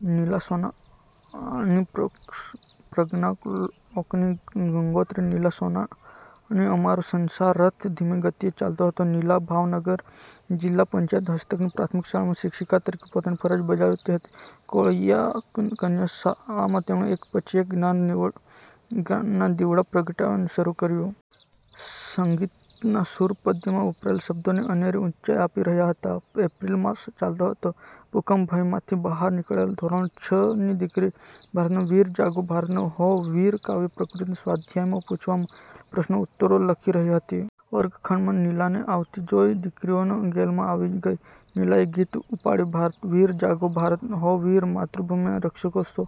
નીલા સોનાણી પ્રજ્ઞાલોકની ગંગોત્રી: નીલા સોનાણી અમારો સંસાર-રથ ધીમી ગતિએ ચાલતો હતો. નીલા ભાવનગર જીલ્લા પંચાયત હસ્તકની પ્રાથમિક શાળામાં શિક્ષિકા તરીકે પોતાની ફરજ બજાવતી હતી. કોળિયાક કન્યા શાળામાં તેમણે એક પછી એક જ્ઞાનના દીવડા પ્રગટાવવાનું શરુ કર્યું. સંગીતના સુર પદ્યમાં વપરાયેલા શબ્દોને અનેરી ઉંચાઈ આપી રહ્યા હતા. એપ્રીલ માસ ચાલતો હતો. ભૂકંપના ભયમાંથી બહાર નિકળેલી ધોરણ છ ની દીકરીઓ "ભારતના વીર જાગો, ભારતના હો વીર" કાવ્ય કૄતિના સ્વાધ્યાયમાં પૂછવામાં આવેલા પ્રશ્નોના ઉત્તરો લખી રહી હતી. વર્ગ-ખંડમાં નીલાને આવતી જોઈ દીકરીઓ ગેલમાં આવી ગઈ. નીલાએ ગીત ઉપાડ્યું, "ભારતના વીર જાગો, ભારતના હો વીર, માતૄભૂમિના રક્ષકોને સૌ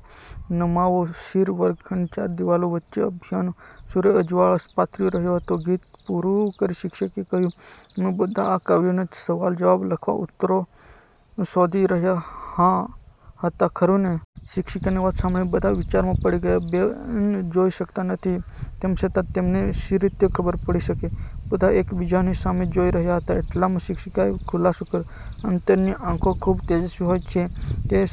નમાવો શીર" વર્ગખંડની ચાર દિવાલો વચ્ચે અભિનયનો સૂર્ય અજવાળા પાથરી રહ્યો હતો. ગીત પુરું કરી, શિક્ષિકાએ કહ્યું, "તમે બધાં આ કાવ્યના સવાલ જવાબ લખવા ઉત્તરો શોધી રહ્યા હતા, ખરું ને!" શિક્ષિકાની વાત સાંભળી બધાં વિચારમાં પડી ગયા. બેન જોઈ શકતા નથી, તેમ છતાં તેમને શી રીતે ખબર પડી હશે? બધાં એક બીજાની સામે જોઈ રહ્યા હતા. એટલામાં શિક્ષિકાએ ખૂલાસો કર્યો, "અંતરની આંખો ખૂબ તેજસ્વી હોય છે, તે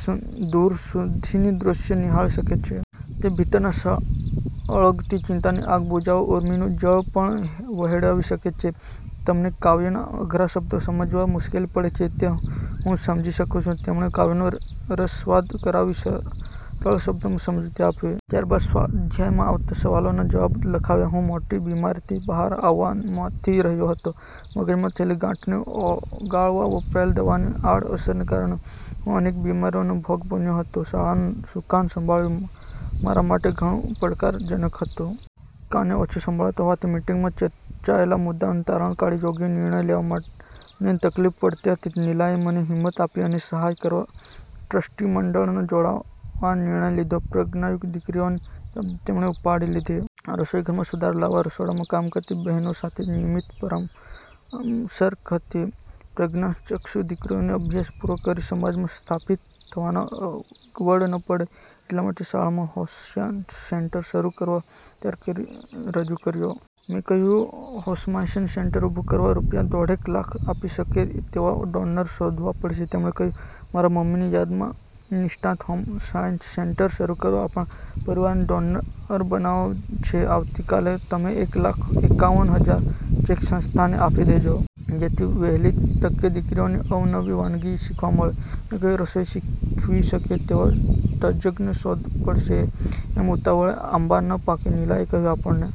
દૂર સુધીનું દૃશ્ય નિહાળી શકે છે. તે ભીતરમાં સળગતી ચિંતાની આગ બુજાવવા ઉર્મિનું જળ પણ વહેડાવી શકે છે. તમને કાવ્યના અઘરા શબ્દો સમજવામાં મુશ્કેલી પડે છે, તે હું સમજી શકું છું." તેમણે કાવ્યનો રસાસ્વાદ કરાવી સરળ શબ્દોમાં સમજુતિ આપી. ત્યારબાદ સ્વાધ્યાયમાં આવતા સવાલોના જવાબો લખાવ્યા. હું મોટી બીમારીમાંથી બહાર આવવા મથી રહ્યો હતો. મગજમાં થયેલી ગાંઠને ઓગાળવા વપરાયેલી દવાની આડ અસરના કારણે હું અનેક બીમારીઓનો ભોગ બન્યો હતો. શાળાનું સુકાન સંભાળવું મારા માટે ઘણું પડકારજનક હતું. કાને ઓછુ સંભળાતું હોવાથી મિટિંગમાં ચર્ચાયેલા મુદ્દાઓનું તારણ કાઢી યોગ્ય નિર્ણય લેવામાં મને તકલીફ પડતી હતી. નીલાએ મને હિંમત આપી મને સહાય કરવા ટ્રસ્ટીમંડળમાં જોડાવા નિર્ણય લીધો. પ્રજ્ઞાચક્ષુ દીકરીઓની જવાબદારી તેમણે ઉપાડી લીધી. રસોઈઘરમાં સુધારો લાવવા, રસોડામાં કામ કરતી બહેનો સાથે નિયમિત પરામર્શ કરતી હતી. પ્રજ્ઞાચક્ષુ દીકરીઓને અભ્યાસ પુરો કરી સમાજમાં સ્થાપીત થવામાં અગવડ ન પડે એટલા માટે શાળામાં હોમસાયન્સ સેન્ટર શરુ કરવા વિચાર રજુ કર્યો. મેં કહ્યું, "હોમસાયન્સ સેન્ટર ઊભુ કરવા રૂપિયા દોઢેક લાખ આપી શકે તેવા ડોનર શોધવા પડશે." તેમણે કહ્યું, "મારા મમ્મીની યાદમાં "નિષ્ઠા હોમસાયન્સ" સેન્ટર શરુ કરવા આપણા પરિવારે ડોનર બનવાનું છે. આવતી કાલે તમે એક લાખ એકાવન હજારનો ચેક સંસ્થાને આપી દેજો. જેથી વહેલી તકે દીકરીઓને અવનવી વાનગી શીખવા મળે." મેં કહ્યું, "રસોઈ શીખવી શકે તેવા તજજ્ઞ શોધવા પડશે એમ ઉતાવળે આંબા ન પાકે." નીલાએ કહ્યું, "આપણે